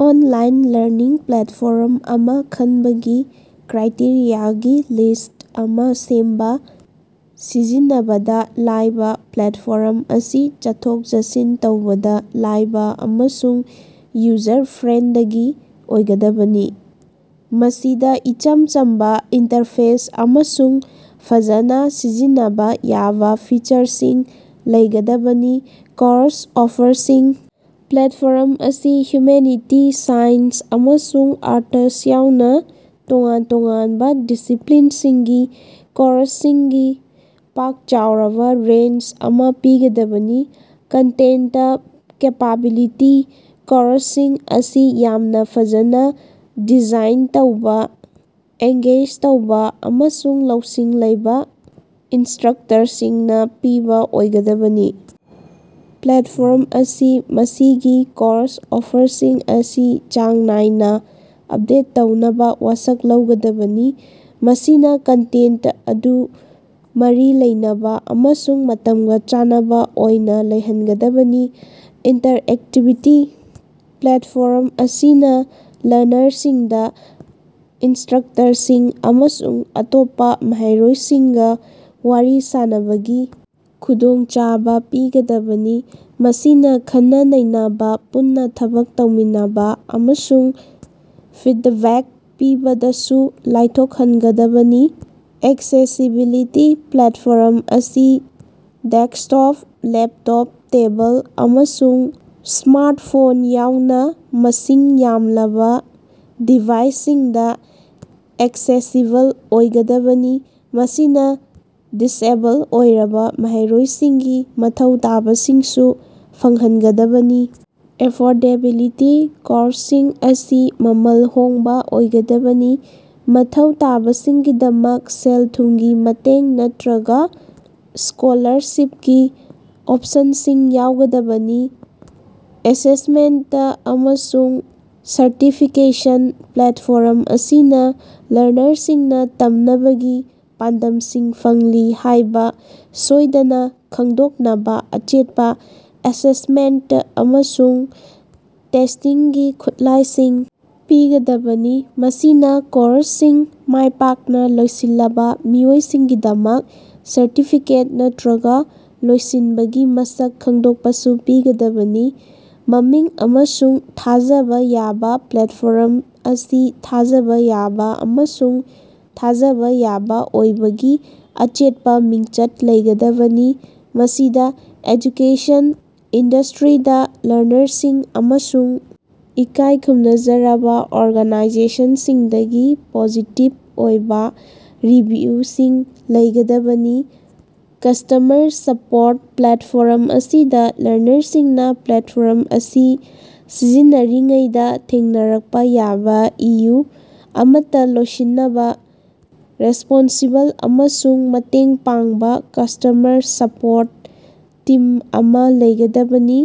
Online learning platform ꯑꯃ ꯈꯟꯕꯒꯤ ꯀ꯭ꯔꯥꯏꯇꯦꯔꯤꯌꯥꯒꯤ ꯂꯤꯁ꯭ꯠ ꯑꯃ ꯁꯦꯝꯕ꯫ ꯁꯤꯖꯤꯟꯅꯕꯗꯥ ꯂꯥꯏꯕ - ꯄ꯭ꯂꯦꯠꯐꯣꯔꯝ ꯑꯁꯤ ꯆꯠꯊꯣꯛ-ꯆꯠꯁꯤꯟ ꯇꯧꯕꯗ ꯂꯥꯏꯕ ꯑꯃꯁꯨꯡ ꯌꯨꯖꯔ-ꯐ꯭ꯔꯦꯟꯗꯒꯤ ꯑꯣꯏꯒꯗꯕꯅꯤ꯫ ꯃꯁꯤꯗ ꯏꯆꯝ ꯆꯝꯕ ꯏꯟꯇꯔꯐꯦꯁ ꯑꯃꯁꯨꯡ ꯐꯖꯅꯥ ꯁꯤꯖꯤꯟꯅꯕꯥ ꯌꯥꯕ ꯐꯤꯆꯔꯁꯤꯡ ꯂꯩꯒꯗꯕꯅꯤ꯫ ꯀꯣꯔꯁ ꯑꯣꯐꯔꯁꯤꯡ - ꯄ꯭ꯂꯦꯠꯐꯣꯔꯝ ꯑꯁꯤꯅ ꯍ꯭ꯌꯨꯃꯦꯅꯤꯇꯤ, ꯁꯥꯏꯟꯁ, ꯑꯃꯁꯨꯡ ꯑꯥꯔꯇꯁ ꯌꯥꯎꯅ ꯇꯣꯉꯥꯟ ꯇꯣꯉꯥꯟꯕ ꯗꯤꯁꯤꯄ꯭ꯂꯤꯟꯁꯤꯡꯒꯤ ꯀꯣꯔꯁꯁꯤꯡꯒꯤ ꯄꯥꯛ ꯆꯥꯎꯔꯕ ꯔꯦꯟꯖ ꯑꯃ ꯄꯤꯒꯗꯕꯅꯤ꯫ ꯀꯟꯇꯦꯟꯇ ꯀꯦꯄꯥꯕꯤꯂꯤꯇꯤ - ꯀꯣꯔꯁꯁꯤꯡ ꯑꯁꯤ ꯌꯥꯝꯅ ꯐꯖꯅ‌ ꯗꯤꯖꯥꯏꯟ ꯇꯧꯕ, ꯑꯦꯡꯒꯦꯖ ꯇꯧꯕ, ꯑꯃꯁꯨꯡ ꯂꯧꯁꯤꯡ ꯂꯩꯕ ꯏꯟꯁꯇ꯭ꯔꯛꯇꯔꯁꯤꯡꯅ ꯄꯤꯕ ꯑꯣꯏꯒꯗꯕꯅꯤ꯫ ꯄ꯭ꯂꯦꯠꯐꯣꯔꯝ ꯑꯁꯤꯅ ꯃꯁꯤꯒꯤ ꯀꯣꯔꯁ ꯑꯣꯐꯔꯁꯤꯡ ꯑꯁꯤ ꯆꯥꯡ ꯅꯥꯏꯅ ꯑꯞꯗꯦꯠ ꯇꯧꯅꯕ ꯋꯥꯁꯛ ꯂꯧꯒꯗꯕꯅꯤ, ꯃꯁꯤꯅ ꯀꯟꯇꯦꯟꯇ ꯑꯗꯨ ꯃꯔꯤ ꯂꯩꯅꯕ ꯑꯃꯁꯨꯡ ꯃꯇꯝꯒ ꯆꯥꯟꯅꯕ ꯑꯣꯏꯅ ꯂꯩꯍꯟꯒꯗꯕꯅꯤ꯫ ꯏꯟꯇꯔꯑꯦꯛꯇꯤꯕꯤꯇꯤ - ꯄ꯭ꯂꯦꯠꯐꯣꯔꯝ ꯑꯁꯤꯅ ꯂꯔꯅꯔꯁꯤꯡꯗ ꯏꯟꯁꯇ꯭ꯔꯛꯇꯔꯁꯤꯡ ꯑꯃꯁꯨꯡ ꯑꯇꯣꯞꯄ ꯃꯍꯩꯔꯣꯏꯁꯤꯡꯒ ꯋꯥꯔꯤ ꯁꯥꯅꯕꯒꯤ ꯈꯨꯗꯣꯡꯆꯥꯕ ꯄꯤꯒꯗꯕꯅꯤ꯫ ꯃꯁꯤꯅ ꯈꯟꯅ-ꯅꯩꯅꯕꯥ, ꯄꯨꯟꯅ ꯊꯕꯛ ꯇꯧꯃꯤꯟꯅꯕꯥ ꯑꯃꯁꯨꯡ ꯐꯤꯗꯕꯦꯛ ꯄꯤꯕꯗꯁꯨ ꯂꯥꯏꯊꯣꯛꯍꯟꯒꯗꯕꯅꯤ꯫ ꯑꯦꯛꯁꯦꯁꯤꯕꯤꯂꯤꯇꯤ - ꯄ꯭ꯂꯦꯠꯐꯣꯔꯝ ꯑꯁꯤ ꯗꯦꯁ꯭ꯛꯇꯣꯞ, ꯂꯦꯞꯇꯣꯞ, ꯇꯦꯕꯜ, ꯑꯃꯁꯨꯡ ꯁ꯭ꯃꯥꯔꯇꯐꯣꯟ ꯌꯥꯎꯅ ꯃꯁꯤꯡ ꯌꯥꯝꯂꯕ ꯗꯤꯚꯥꯏꯁꯁꯤꯡꯗ ꯑꯦꯛꯁꯦꯁꯤꯕꯜ ꯑꯣꯏꯒꯗꯕꯅꯤ꯫ ꯃꯁꯤꯅ ꯗꯤꯁꯑꯦꯕꯜ ꯑꯣꯏꯔꯕ ꯃꯍꯩꯔꯣꯏꯁꯤꯡꯒꯤ ꯃꯊꯧ ꯇꯥꯕꯁꯤꯡꯁꯨ ꯐꯪꯍꯟꯒꯗꯕꯅꯤ꯫ ꯑꯦꯐꯣꯔꯗꯦꯕꯤꯂꯤꯇꯤ - ꯀꯣꯔꯁꯁꯤꯡ ꯑꯁꯤ ꯃꯃꯜ ꯍꯣꯡꯕ ꯑꯣꯏꯒꯗꯕꯅꯤ, ꯃꯊꯧ ꯇꯥꯕꯁꯤꯡꯒꯤꯗꯃꯛ ꯁꯦꯜ-ꯊꯨꯝꯒꯤ ꯃꯇꯦꯡ ꯅꯠꯇꯔꯒ ꯁ꯭ꯀꯣꯂꯥꯔꯁꯤꯞꯀꯤ ꯑꯣꯞꯁꯟꯁꯤꯡ ꯌꯥꯎꯒꯗꯕꯅꯤ꯫ ꯑꯦꯁꯦꯁꯃꯦꯟꯇ ꯑꯃꯁꯨꯡ ꯁꯔꯇꯤꯐꯤꯀꯦꯁꯟ - ꯄ꯭ꯂꯦꯠꯐꯣꯔꯝ ꯑꯁꯤꯅ ꯂꯔꯅꯔꯁꯤꯡꯅ ꯇꯝꯅꯕꯒꯤ ꯄꯥꯟꯗꯝꯁꯤꯡ ꯐꯪꯂꯤ ꯍꯥꯏꯕ ꯁꯣꯏꯗꯅ ꯈꯪꯗꯣꯛꯅꯕꯥ ꯑꯆꯦꯠꯄ ꯑꯦꯁꯦꯁꯃꯦꯟꯇ ꯑꯃꯁꯨꯡ ꯇꯦꯁꯇꯤꯡꯒꯤ ꯈꯨꯠꯂꯥꯏꯁꯤꯡ ꯄꯤꯒꯗꯕꯅꯤ꯫ ꯃꯁꯤꯅ ꯀꯣꯔꯁꯁꯤꯡ ꯃꯥꯏꯄꯥꯛꯅ ꯂꯣꯏꯁꯤꯜꯂꯕꯥ ꯃꯤꯑꯣꯏꯁꯤꯡꯒꯤꯗꯃꯛ ꯁꯔꯇꯤꯐꯤꯀꯦꯠ ꯅꯠꯇꯔꯒ ꯂꯣꯏꯁꯤꯟꯕꯒꯤ ꯃꯁꯛ ꯈꯪꯗꯣꯛꯄꯁꯨ ꯄꯤꯒꯗꯕꯅꯤ꯫ ꯃꯃꯤꯡ ꯑꯃꯁꯨꯡ ꯊꯥꯖꯕꯥ ꯌꯥꯕ - ꯄ꯭ꯂꯦꯠꯐꯣꯔꯝ ꯑꯁꯤ ꯊꯥꯖꯕꯥ ꯌꯥꯕ ꯑꯃꯁꯨꯡ ꯊꯥꯖꯕ ꯌꯥꯕ ꯑꯣꯏꯕꯒꯤ ꯑꯆꯦꯠꯄ ꯃꯤꯡꯆꯠ ꯂꯩꯒꯗꯕꯅꯤ꯫ ꯃꯁꯤꯗ ꯑꯦꯖꯨꯀꯦꯁꯟ ꯏꯟꯗ꯭ꯁꯇꯔꯤꯗ ꯂꯔꯅꯔꯁꯤꯡ ꯑꯃꯁꯨꯡ ꯏꯀꯥꯏ ꯈꯨꯝꯅꯖꯔꯕꯥ ꯑꯣꯔꯒꯅꯥꯏꯖꯦꯁꯟꯁꯤꯡꯗꯒꯤ ꯄꯣꯖꯤꯇꯤꯕ ꯑꯣꯏꯕ ꯔꯤꯚꯤꯌꯨꯁꯤꯡ ꯂꯩꯒꯗꯕꯅꯤ꯫ ꯀꯁ꯭ꯇꯃꯔ ꯁꯄꯣꯔꯠ - ꯄ꯭ꯂꯦꯠꯐꯣꯔꯝ ꯑꯁꯤꯗ ꯂꯔꯅꯔꯁꯤꯡꯅ ꯄ꯭ꯂꯦꯠꯐꯣꯔꯝ ꯑꯁꯤ ꯁꯤꯖꯤꯟꯅꯔꯤꯉꯩꯗ ꯊꯦꯡꯅꯔꯛꯄ ꯌꯥꯕ ꯏꯁꯨ ꯑꯃꯠꯇ ꯂꯣꯏꯁꯤꯟꯅꯕ ꯔꯦꯁꯄꯣꯟꯁꯤꯕꯜ ꯑꯃꯁꯨꯡ ꯃꯇꯦꯡ ꯄꯥꯡꯕ ꯀꯁ꯭ꯇꯃꯔ ꯁꯄꯣꯔꯠ ꯇꯤꯝ ꯑꯃ ꯂꯩꯒꯗꯕꯅꯤ꯫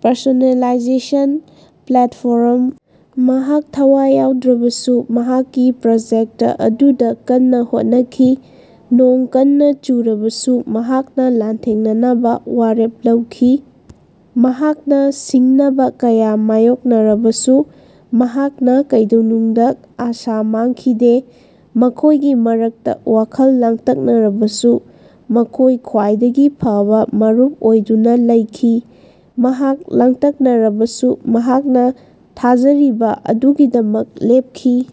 ꯄꯔꯁꯣꯅꯦꯂꯥꯏꯖꯦꯁꯟ - ꯄ꯭ꯂꯦꯠꯐꯣꯔꯝ ꯃꯍꯥꯛ ꯊꯋꯥꯏ ꯌꯥꯎꯗ꯭ꯔꯕꯁꯨ ꯃꯍꯥꯛꯀꯤ ꯄ꯭ꯔꯣꯖꯦꯛꯇ ꯑꯗꯨꯗ ꯀꯟꯅ ꯍꯣꯠꯅꯈꯤ꯫ ꯅꯣꯡ ꯀꯟꯅ ꯆꯨꯔꯕꯁꯨ ꯃꯍꯥꯛꯅ ꯂꯥꯟꯊꯦꯡꯅꯅꯕꯥ ꯋꯥꯔꯦꯞ ꯂꯧꯈꯤ꯫ ꯃꯍꯥꯛꯅ ꯁꯤꯡꯅꯕꯥ ꯀꯌꯥ ꯃꯥꯌꯣꯛꯅꯔꯕꯁꯨ ꯃꯍꯥꯛꯅ ꯀꯩꯗꯧꯅꯨꯡꯗ ꯑꯥꯁꯥ ꯃꯥꯡꯈꯤꯗꯦ꯫ ꯃꯈꯣꯏꯒꯤ ꯃꯔꯛꯇ ꯋꯥꯈꯜ ꯂꯥꯡꯇꯛꯅꯔꯕꯁꯨ ꯃꯈꯣꯏ ꯈ꯭ꯋꯥꯏꯗꯒꯤ ꯐꯕꯥ ꯃꯔꯨꯞ ꯑꯣꯏꯗꯨꯅ ꯂꯩꯈꯤ꯫ ꯃꯍꯥꯛ ꯂꯥꯡꯇꯛꯅꯔꯕꯁꯨ ꯃꯍꯥꯛꯅ ꯊꯥꯖꯔꯤꯕ ꯑꯗꯨꯒꯤꯗꯃꯛ ꯂꯦꯞꯈꯤ꯫